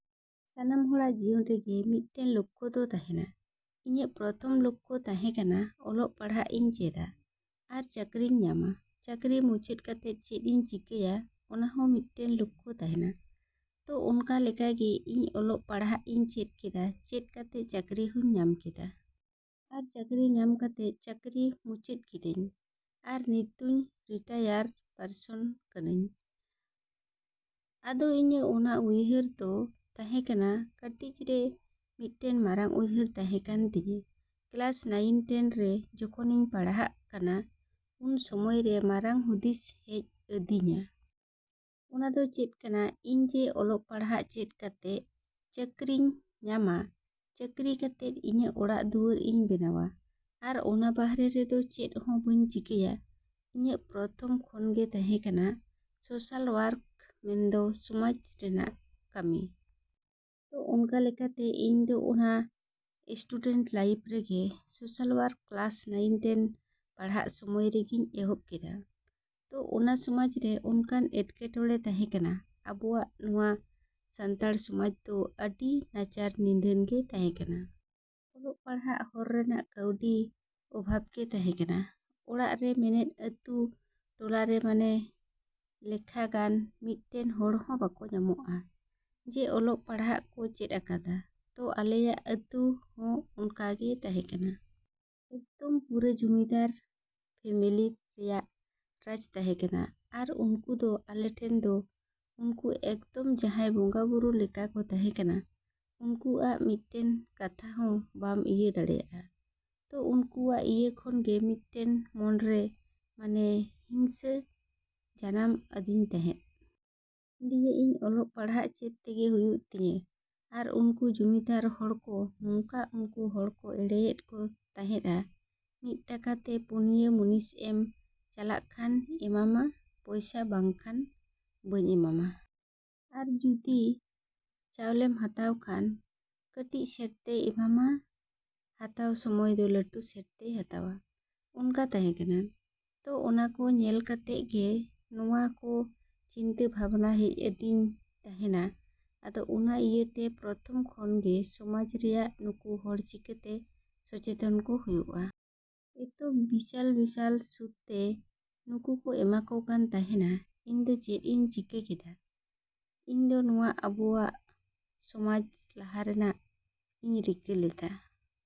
‎ᱥᱟᱱᱟᱢ ᱦᱚᱲᱟᱜ ᱡᱤᱭᱚᱱ ᱨᱮᱜᱮ ᱢᱤᱫᱴᱮᱱ ᱞᱚᱠᱠᱷᱚ ᱫᱚ ᱛᱟᱸᱦᱮᱱᱟ᱾ ᱤᱧᱟᱹᱜ ᱯᱨᱚᱛᱷᱚᱢ ᱞᱚᱠᱠᱷᱚ ᱛᱟᱸᱦᱮ ᱠᱟᱱᱟ ᱚᱞᱚᱜ ᱯᱟᱲᱦᱟᱜ ᱤᱧ ᱪᱮᱫᱟ, ᱟᱨ ᱪᱟᱹᱠᱨᱤᱧ ᱧᱟᱢᱟ? ᱪᱟᱹᱠᱨᱤ ᱢᱩᱪᱟᱹᱫ ᱠᱟᱛᱮᱫ ᱪᱮᱫ ᱤᱧ ᱪᱤᱠᱟᱹᱭᱟ ᱚᱱᱟ ᱦᱚᱸ ᱢᱤᱫᱴᱮᱱ ᱞᱚᱠᱠᱷᱚ ᱛᱟᱸᱦᱮᱱᱟ᱾ ᱛᱚ ᱚᱱᱠᱟ ᱞᱮᱠᱟᱜᱮ ᱤᱧ ᱚᱞᱚᱜ ᱯᱟᱲᱦᱟᱜ ᱤᱧ ᱪᱮᱫ ᱠᱮᱫᱟ, ᱪᱮᱫ ᱠᱟᱛᱮ ᱪᱟᱹᱠᱨᱤ ᱦᱚᱧ ᱧᱟᱢ ᱠᱮᱫᱟ᱾ ᱟᱨ ᱪᱟᱹᱠᱨᱤ ᱧᱟᱢ ᱠᱟᱛᱮᱫ ᱪᱟᱹᱠᱨᱤ ᱢᱩᱪᱟᱹᱫ ᱠᱤᱫᱟᱹᱧ ᱟᱨ ᱱᱤᱛ ᱫᱚᱧ ᱨᱤᱴᱟᱭᱟᱨ ᱯᱟᱨᱥᱚᱱ ᱠᱟᱹᱱᱟᱹᱧ᱾ ᱟᱫᱚ ᱤᱧᱟᱹᱜ ᱚᱱᱟ ᱩᱭᱦᱟᱹᱨ ᱫᱚ ᱛᱟᱸᱦᱮ ᱠᱟᱱᱟ ᱠᱟᱹᱴᱤᱡ ᱨᱮ ᱢᱤᱫᱴᱮᱱ ᱢᱟᱨᱟᱝ ᱩᱭᱦᱟᱹᱨ ᱛᱟᱸᱦᱮ ᱠᱟᱱ ᱛᱤᱧᱟᱹ᱾ ᱠᱞᱟᱥ ᱱᱟᱭᱤᱱ ᱴᱮᱱ ᱨᱮ ᱡᱚᱠᱷᱚᱱᱤᱧ ᱯᱟᱲᱦᱟᱜ ᱠᱟᱱᱟ ᱩᱱ ᱥᱚᱢᱚᱭᱨᱮ ᱢᱟᱨᱟᱝ ᱦᱩᱫᱤᱥ ᱦᱮᱡ ᱟᱹᱫᱤᱧᱟ᱾ ᱚᱱᱟ ᱫᱚ ᱪᱮᱫ ᱠᱟᱱᱟ ᱤᱧ ᱡᱮ ᱚᱞᱚᱜ ᱯᱟᱲᱦᱟᱜ ᱪᱮᱫ ᱠᱟᱛᱮᱜ ᱪᱟᱹᱠᱨᱤᱧ ᱧᱟᱢᱟ, ᱪᱟᱹᱠᱨᱤ ᱠᱟᱛᱮᱜ ᱤᱧᱟᱹᱜ ᱚᱲᱟᱜ ᱫᱩᱣᱟᱹᱨ ᱤᱧ ᱵᱮᱱᱟᱣᱟ᱾ ᱟᱨ ᱚᱱᱟ ᱵᱟᱦᱨᱮ ᱨᱮᱫᱚ ᱪᱮᱫ ᱦᱚᱸ ᱵᱟᱹᱧ ᱪᱤᱠᱟᱭᱟ᱾ ᱤᱧᱟᱹᱜ ᱯᱨᱚᱛᱷᱚᱢ ᱠᱷᱚᱱ ᱜᱮ ᱛᱟᱸᱦᱮ ᱠᱟᱱᱟ ᱥᱚᱥᱟᱞ ᱣᱚᱨᱠ ᱢᱮᱱᱫᱚ ᱥᱚᱢᱟᱡ ᱨᱮᱱᱟᱜ ᱠᱟᱹᱢᱤ᱾ ᱛᱚ ᱚᱱᱠᱟ ᱞᱮᱠᱟᱛᱮ ᱤᱧ ᱫᱚ ᱚᱱᱟ ᱥᱴᱩᱰᱮᱱᱴ ᱞᱟᱭᱤᱯᱷ ᱨᱮᱜᱮ social work class nine ten ᱯᱟᱲᱦᱟᱜ ᱥᱚᱢᱚᱭ ᱨᱮᱜᱤᱧ ᱮᱦᱚᱵ ᱠᱮᱫᱟ᱾ ᱛᱚ ᱚᱱᱟ ᱥᱚᱢᱟᱡᱽ ᱨᱮ ᱚᱱᱠᱟᱱ ᱮᱴᱠᱮ ᱴᱚᱬᱮ ᱛᱟᱸᱦᱮ ᱠᱟᱱᱟ᱾ ᱟᱵᱚᱣᱟᱜ ᱱᱚᱣᱟ ᱥᱟᱱᱛᱟᱲ ᱥᱚᱢᱟᱡᱽ ᱫᱚ ᱟᱹᱰᱤ ᱱᱟᱪᱟᱨ ᱱᱤᱫᱷᱟᱹᱱ ᱜᱮ ᱛᱟᱸᱦᱮ ᱠᱟᱱᱟ᱾ ᱚᱞᱚᱜ ᱯᱟᱲᱦᱟᱜ ᱦᱚᱨ ᱨᱮᱱᱟᱜ ᱠᱟᱹᱣᱰᱤ ᱚᱵᱷᱟᱵᱽ ᱜᱮ ᱛᱟᱸᱦᱮ ᱠᱟᱱᱟ᱾ ᱚᱲᱟᱜ ᱨᱮ ᱢᱮᱱᱮᱫ ᱟᱹᱛᱩ ᱴᱚᱞᱟᱨᱮ ᱢᱟᱱᱮ ᱞᱮᱠᱷᱟ ᱜᱟᱱ ᱢᱤᱫᱴᱮᱱ ᱦᱚᱲ ᱦᱚᱸ ᱵᱟᱠᱚ ᱧᱟᱢᱚᱜᱼᱟ ᱡᱮ ᱚᱞᱚᱜ ᱯᱟᱲᱦᱟᱜ ᱠᱚ ᱪᱮᱫ ᱟᱠᱟᱫᱟ᱾ ᱛᱚ ᱟᱞᱮᱭᱟᱜ ᱟᱹᱛᱩ ᱦᱚᱸ ᱚᱱᱠᱟ ᱜᱮ ᱛᱟᱸᱦᱮ ᱠᱟᱱᱟ᱾ ᱮᱠᱫᱚᱢ ᱯᱩᱨᱟᱹ ᱡᱚᱢᱤᱫᱟᱨ ᱯᱷᱮᱢᱮᱞᱤ ᱨᱮᱭᱟᱜ ᱨᱟᱡᱽ ᱛᱟᱸᱦᱮ ᱠᱟᱱᱟ ᱟᱨ ᱩᱱᱠᱩ ᱫᱚ ᱟᱞᱮ ᱴᱷᱮᱱ ᱫᱚ ᱩᱱᱠᱩ ᱮᱠᱫᱚᱢ ᱡᱟᱸᱦᱟᱭ ᱵᱚᱸᱜᱟ ᱵᱩᱨᱩ ᱞᱮᱠᱟ ᱠᱚ ᱛᱟᱸᱦᱮ ᱠᱟᱱᱟ᱾ ᱩᱱᱠᱩ ᱟᱜ ᱢᱤᱫᱴᱮᱱ ᱠᱟᱛᱷᱟ ᱦᱚᱸ ᱵᱟᱢ ᱤᱭᱟᱹ ᱫᱟᱲᱮᱭᱟᱜᱼᱟ᱾ ᱛᱚ ᱩᱱᱠᱩᱣᱟᱜ ᱤᱭᱟᱹ ᱠᱷᱚᱱᱜᱮ ᱢᱤᱫᱴᱮᱱ ᱢᱚᱱᱨᱮ ᱢᱟᱱᱮ ᱦᱤᱝᱥᱟ ᱡᱟᱱᱟᱢ ᱟᱫᱤᱧ ᱛᱟᱸᱦᱮᱜ᱾ ᱫᱤᱭᱮ ᱤᱧ ᱚᱞᱚᱜ ᱯᱟᱲᱦᱟᱜ ᱪᱮᱫ ᱛᱮᱜᱮ ᱦᱩᱭᱩᱜ ᱛᱤᱧᱟ ᱟᱨ ᱩᱱᱠᱩ ᱡᱚᱢᱤᱫᱟᱨ ᱦᱚᱲ ᱠᱚ ᱱᱚᱝᱠᱟ ᱩᱱᱠᱩ ᱦᱚᱲ ᱠᱚ ᱮᱲᱮᱭᱮᱫ ᱠᱚ ᱛᱟᱸᱦᱮᱜᱼᱟ᱾ ᱢᱤᱫ ᱴᱟᱠᱟ ᱛᱮ ᱯᱩᱱᱭᱟ ᱢᱩᱱᱤᱥ ᱮᱢ ᱪᱟᱞᱟᱜ ᱠᱷᱟᱱ ᱮᱢᱟᱢᱟ ᱯᱚᱭᱥᱟ ᱵᱟᱠᱷᱟᱱ ᱵᱟᱹᱧ ᱮᱢᱟᱢᱟ᱾ ᱟᱨ ᱡᱚᱫᱤ ᱪᱟᱣᱞᱮᱢ ᱦᱟᱛᱟᱣ ᱠᱷᱟᱱ ᱠᱟᱹᱴᱤᱡ ᱥᱮᱨ ᱛᱮᱭ ᱮᱢᱟᱢᱟ ᱦᱟᱛᱟᱣ ᱥᱚᱢᱚᱭ ᱫᱚ ᱞᱟᱹᱴᱩ ᱥᱮᱨ ᱛᱮᱭ ᱦᱟᱛᱟᱣᱟ ᱚᱱᱠᱟ ᱛᱟᱸᱦᱮ ᱠᱟᱱᱟ᱾ ᱛᱚ ᱚᱱᱟ ᱠᱚ ᱧᱮᱞ ᱠᱟᱛᱮᱜ ᱜᱮ ᱱᱚᱣᱟ ᱠᱚ ᱪᱤᱱᱛᱟᱹ ᱵᱷᱟᱵᱽᱱᱟ ᱦᱮᱡ ᱟᱹᱫᱤᱧ ᱛᱟᱸᱦᱮᱱᱟ᱾ ᱟᱫᱚ ᱚᱱᱟ ᱤᱭᱟᱹᱛᱮ ᱯᱨᱚᱛᱷᱚᱢ ᱠᱷᱚᱱ ᱜᱮ ᱥᱚᱢᱟᱡᱽ ᱨᱮᱭᱟᱜ ᱱᱩᱠᱩ ᱦᱚᱲ ᱪᱤᱠᱟᱹᱛᱮ ᱥᱚᱪᱮᱛᱚᱱ ᱠᱚ ᱦᱩᱭᱩᱜᱼᱟ᱾ ᱮᱛᱚ ᱵᱤᱥᱟᱞ ᱵᱤᱥᱟᱞ ᱥᱩᱫ ᱛᱮ ᱱᱩᱠᱩ ᱠᱚ ᱮᱢᱟ ᱠᱚ ᱠᱟᱱ ᱛᱟᱸᱦᱮᱱᱟ᱾ ᱤᱧ ᱫᱚ ᱪᱮᱫ ᱤᱧ ᱪᱤᱠᱟ. ᱠᱮᱫᱟ? ᱤᱧ ᱫᱚ ᱱᱚᱣᱟ ᱟᱵᱚᱣᱟᱜ ᱥᱚᱢᱟᱡᱽ ᱞᱟᱦᱟ ᱨᱮᱱᱟᱜ ᱤᱧ ᱨᱤᱠᱟ. ᱞᱮᱫᱟ᱾